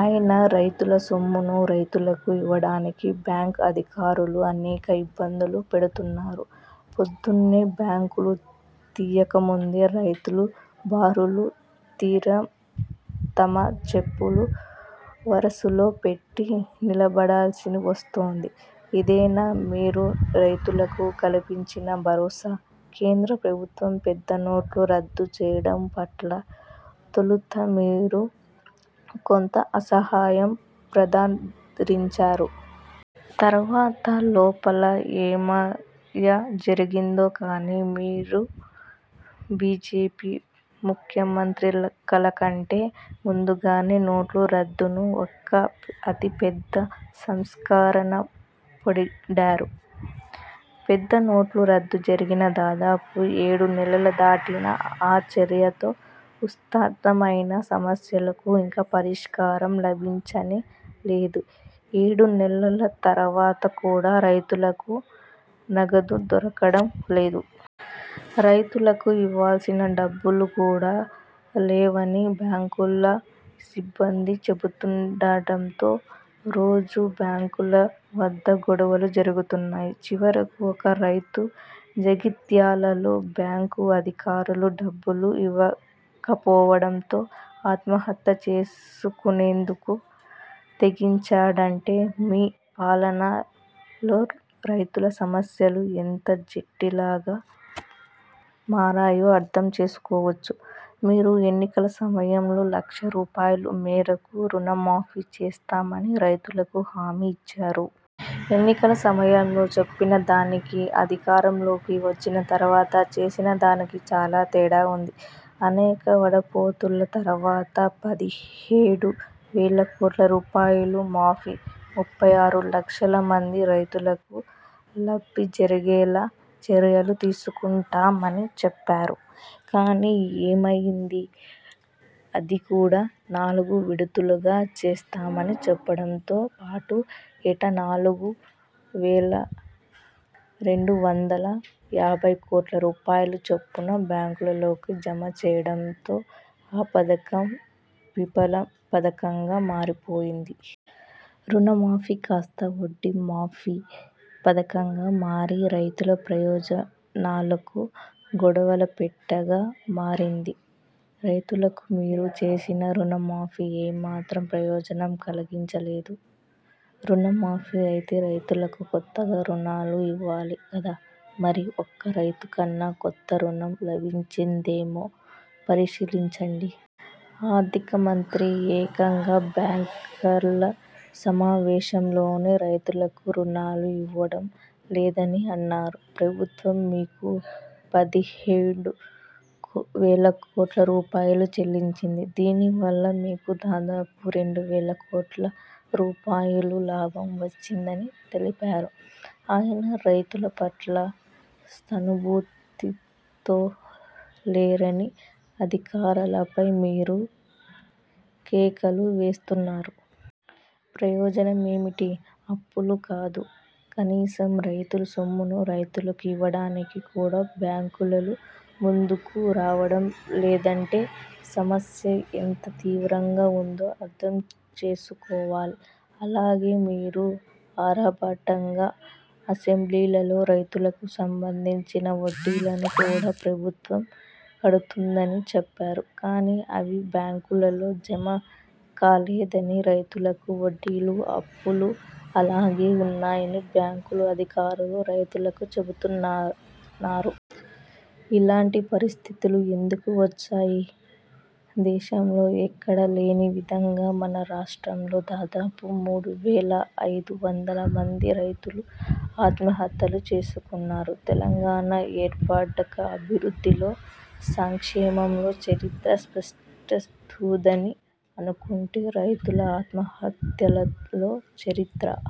అయినా రైతుల సొమ్మును రైతులకు ఇవ్వడానికి బ్యాంకు అధికారులు అనేక ఇబ్బందులు పెడుతున్నారు! పొద్దున్నే బ్యాంకులు తీయకముందే రైతులు బారులు తీరి, తమ చెప్పులు వరసలో పెట్టి నిలబడాల్సి వస్తోంది. ఇదేనా మీరు రైతులకు కల్పించిన భరోసా? కేంద్ర ప్రభుత్వం పెద్ద నోట్ల రద్దు చేయడం పట్ల తొలుత మీరు కొంత అసహాయం ప్రదారించారు తరువాత లోపల ఏమాయ జరిగిందో కానీ మీరు బిజెపి ముఖ్యమంత్రులకలకంటే ముందుగానే నోట్ల రద్దును ఒక్క అతిపెద్ద సంస్కరణ పొడిగారు. పెద్ద నోట్ల రద్దు జరిగిన దాదాపు ఏడు నెలల దాటినా, ఆ చర్యతో ఉత్పన్నమైన సమస్యలకు ఇంకా పరిష్కారం లభించనే లేదు. ఏడు నెలల తరువాత కూడా రైతులకు నగదు దొరకడం లేదు. రైతులకు ఇవ్వాల్సిన డబ్బులుకూడా లేవని బ్యాంకుల సిబ్బంది చెబుతుండటంతో రోజూ బ్యాంకుల వద్ద గొడవలు జరుగుతున్నాయి. చివరకు ఒక రైతు జగిత్యాలలో బ్యాంకు అధికారులు డబ్బులు ఇవ్వకపోవడంతో ఆత్మహత్య చేసుకునేందుకు తెగించాడంటే మీ పాలనలో రైతుల సమస్యలు ఎంత జటిలంగా మారాయో అర్థం చేసుకోవచ్చు. మీరు ఎన్నికల సమయంలో లక్ష రూపాయల మేరకు రుణ మాఫీ చేస్తామని రైతులకు హామీ ఇచ్చారు. ఎన్నికల సమయంలో చెప్పిన దానికి అధికారంలోకి వచ్చిన తరువాత చేసిన దానికి చాలా తేడా ఉంది. అనేక వడపోతల తరువాత పదిహేడు వేల కోట్ల రూపాయల మాఫీ, ముప్పై ఆరు లక్షల మంది రైతులకు లబ్ధి జరిగేలా చర్యలు తీసుకుంటున్నామని చెప్పారు. కానీ ఏమయింది? అది కూడా నాలుగు విడతలుగా చేస్తామని చెప్పడంతో పాటు ఏటా నాలుగు వేల రెండు వందల యాభై కోట్ల రూపాయల చొప్పున బ్యాంకులకు జమ చేయడంతో ఆ పథకం విఫల పథకంగా మారిపోయింది. రుణ మాఫీ కాస్తా, వడ్డీ మాఫీ పథకంగా మారి రైతుల ప్రయోజనాలకు గొడవల పెట్టగా మారింది. రైతులకు మీరు చేసిన రుణ మాఫీ ఏ మాత్రం ప్రయోజనం కలిగించలేదు, రుణ మాఫీ అయితే రైతులకు కొత్తగా రుణాలు ఇవ్వాలి కదా. మరి ఒక్క రైతు కన్న కొత్త రుణం లభించిందేమో పరిశీలించండి. ఆర్థిక మంత్రి ఏకంగా బ్యాంకర్ల సమావేశంలోనే రైతులకు రుణాలు ఇవ్వడం లేదని అన్నారు. ప్రభుత్వం మీకు పదిహేడు వేల కోట్ల రూపాయలు చెల్లించింది. దీని వల్ల మీకు దాదాపు రెండు వేల కోట్ల రూపాయలు లాభం వచ్చిందని తెలిపారు. అయినా, రైతుల పట్ల సనుభూతితో లేరని అధికారలపై మీరు కేకలు వేస్తున్నారు. ప్రయోజనమేమిటి? అప్పులు కాదు, కనీసం రైతుల సొమ్మును రైతులకు ఇవ్వడానికి కూడా బ్యాంకులు ముందుకు రావడం లేదంటే సమస్య ఎంత తీవ్రంగా ఉందో అర్థం చేసుకోవాలి. అలాగే మీరు ఆర్భాటంగా అసెంబ్లీలలో రైతులకు సంబంధించిన వడ్డీలను కూడా ప్రభుత్వం కడుతుందని చెప్పారు. కానీ అవి బ్యాంకులలో జమ కాలేదని, రైతులకు వడ్డీలు, అప్పులు అలాగే ఉన్నాయని బ్యాంకు అధికారులు రైతులకు చెపుతున్నారు. ఇలాంటి పరిస్థితులు ఎందుకు వచ్చాయి? దేశంలో ఎక్కడా లేని విధంగా మన రాష్ట్రంలో దాదాపు మూడు వేల ఐదు వందల మంది రైతులు ఆత్మహత్యలు చేసుకున్నారు. తెలంగాణ ఏర్పడ్డక అభివృద్ధిలో, సంక్షేమంలో చరిత్ర సృష్టిస్తుదని అనుకుంటే రైతుల ఆత్మహత్యలలో చరిత్ర